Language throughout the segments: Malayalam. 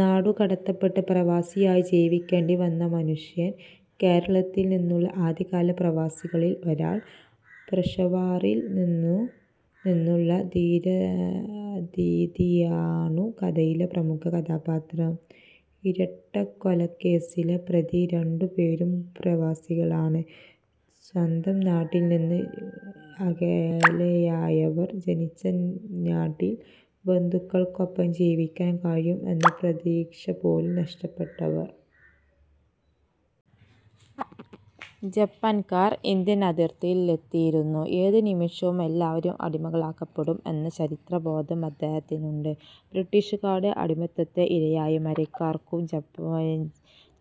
നാടു കടത്തപ്പെട്ട് പ്രവാസിയായി ജീവിക്കേണ്ടിവന്ന മനുഷ്യൻ. കേരളത്തിൽ നിന്നുള്ള ആദ്യകാല പ്രവാസികളിൽ ഒരാൾ. പെഷവാറിൽ നിന്നുള്ള ധീരാദീദിയാണു കഥയിലെ മുഖ്യ കഥാപാത്രം. ഇരട്ടക്കൊലക്കേസിലെ പ്രതി. രണ്ടു പേരും പ്രവാസികളാണ്. സ്വന്തം നാട്ടിൽ നിന്ന് അകലെയായവർ. ജനിച്ച നാട്ടിൽ ബന്ധുക്കൾക്കൊപ്പം ജീവിക്കാൻ കഴിയും എന്ന പ്രതീക്ഷ പോലും നഷ്ടപ്പെട്ടവർ. ജപ്പാൻകാർ ഇന്ത്യൻ അതിർത്തിയിൽ എത്തിയിരുന്നു. ഏതു നിമിഷവും എല്ലാവരും അടിമകളാക്കപ്പെടും എന്ന ചരിത്രബോധം അദ്ദേഹത്തിനുണ്ട്. ബ്രിട്ടിഷുകാരുടെ അടിമത്തത്തിന്റെ ഇരയായ മരയ്ക്കാർക്കു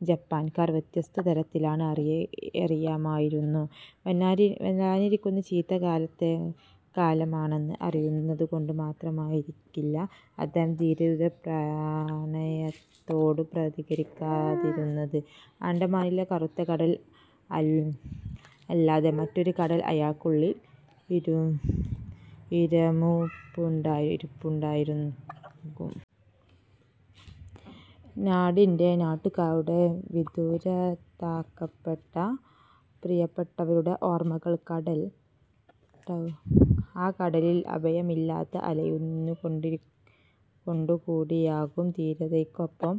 ജപ്പാൻകാർ വ്യത്യസ്തരല്ലെന്ന് അറിയാമായിരുന്നു. വരാനിരിക്കുന്നതു ചീത്തക്കാലമാണെന്ന് അറിയുന്നതു കൊണ്ടു മാത്രമായിരിക്കില്ല അദ്ദേഹം ധീരയുടെ പ്രണയത്തോടു പ്രതികരിക്കാതിരുന്നത്. ആൻഡമാനിലെ കറുത്ത കടൽ അല്ലാതെ മറ്റൊരു കടൽ അയാൾക്കുള്ളിൽ ഇരമ്പുന്നുണ്ടാകും. നാടിന്റെ, നാട്ടുകാരുടെ, വിദൂരത്താക്കപ്പെട്ട പ്രിയപ്പെട്ടവരുടെ ഓർമകളുടെ കടൽ. ആ കടലിൽ അഭയമില്ലാതെ അലയുന്നതുകൊണ്ടുകൂടിയാകും ധീരയ്ക്കൊപ്പം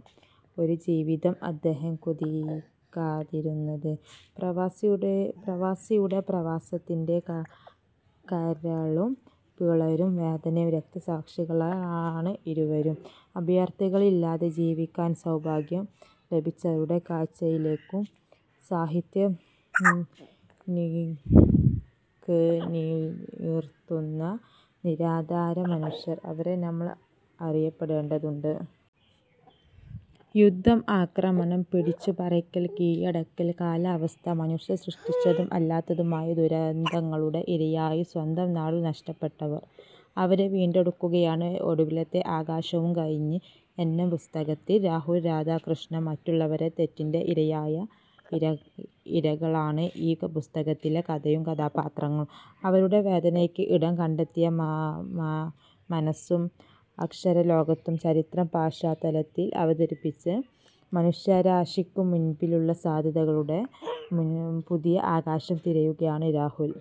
ഒരു ജീവിതം അദ്ദേഹം കൊതിക്കാതിരുന്നത്. പ്രവാസിയുടെ, പ്രവാസത്തിന്റെ കരളും പിളരും വേദനയുടെ രക്തസാക്ഷികളാണ് ഇരുവരും. അഭയാർഥികളാകാതെ ജീവിക്കാൻ സൗഭാഗ്യം ലഭിച്ചവരുടെ കാഴ്ചയിലേക്കു സാഹിത്യം നീക്കിനിർത്തുന്ന നിരാധാര മനുഷ്യർ. അവരെ നമ്മൾ അറിയേണ്ടതുണ്ട്. യുദ്ധം, ആക്രമണം, പിടിച്ചടക്കൽ, കീഴടക്കൽ, കാലാവസ്ഥ. മനുഷ്യൻ സൃഷ്ടിച്ചതും അല്ലാത്തതുമായ ദുരന്തങ്ങളുടെ ഇരയായി സ്വന്തം നാടു നഷ്ടപ്പെട്ടവർ. അവരെ വീണ്ടെടുക്കുകയാണ് ഒടുവിലത്തെ ആകാശവും കഴിഞ്ഞ് എന്ന പുസ്തകത്തിൽ രാഹുൽ രാധാകൃഷ്ണൻ. മറ്റുള്ളവരുടെ തെറ്റിന്റെ ഇരകളാണ് ഈ പുസ്തകത്തിലെ കഥയും കഥാപാത്രങ്ങളും. അവരുടെ വേദനയ്ക്ക് ഇടം കണ്ടെത്തിയ മനസ്സും അക്ഷരലോകവും ചരിത്ര പശ്ചാത്തലത്തിൽ അവതരിപ്പിച്ച് മനുഷ്യരാശിക്കു മുന്നിലുള്ള സാധ്യതകളുടെ പുതിയ ആകാശം തിരയുകയാണ് രാഹുൽ.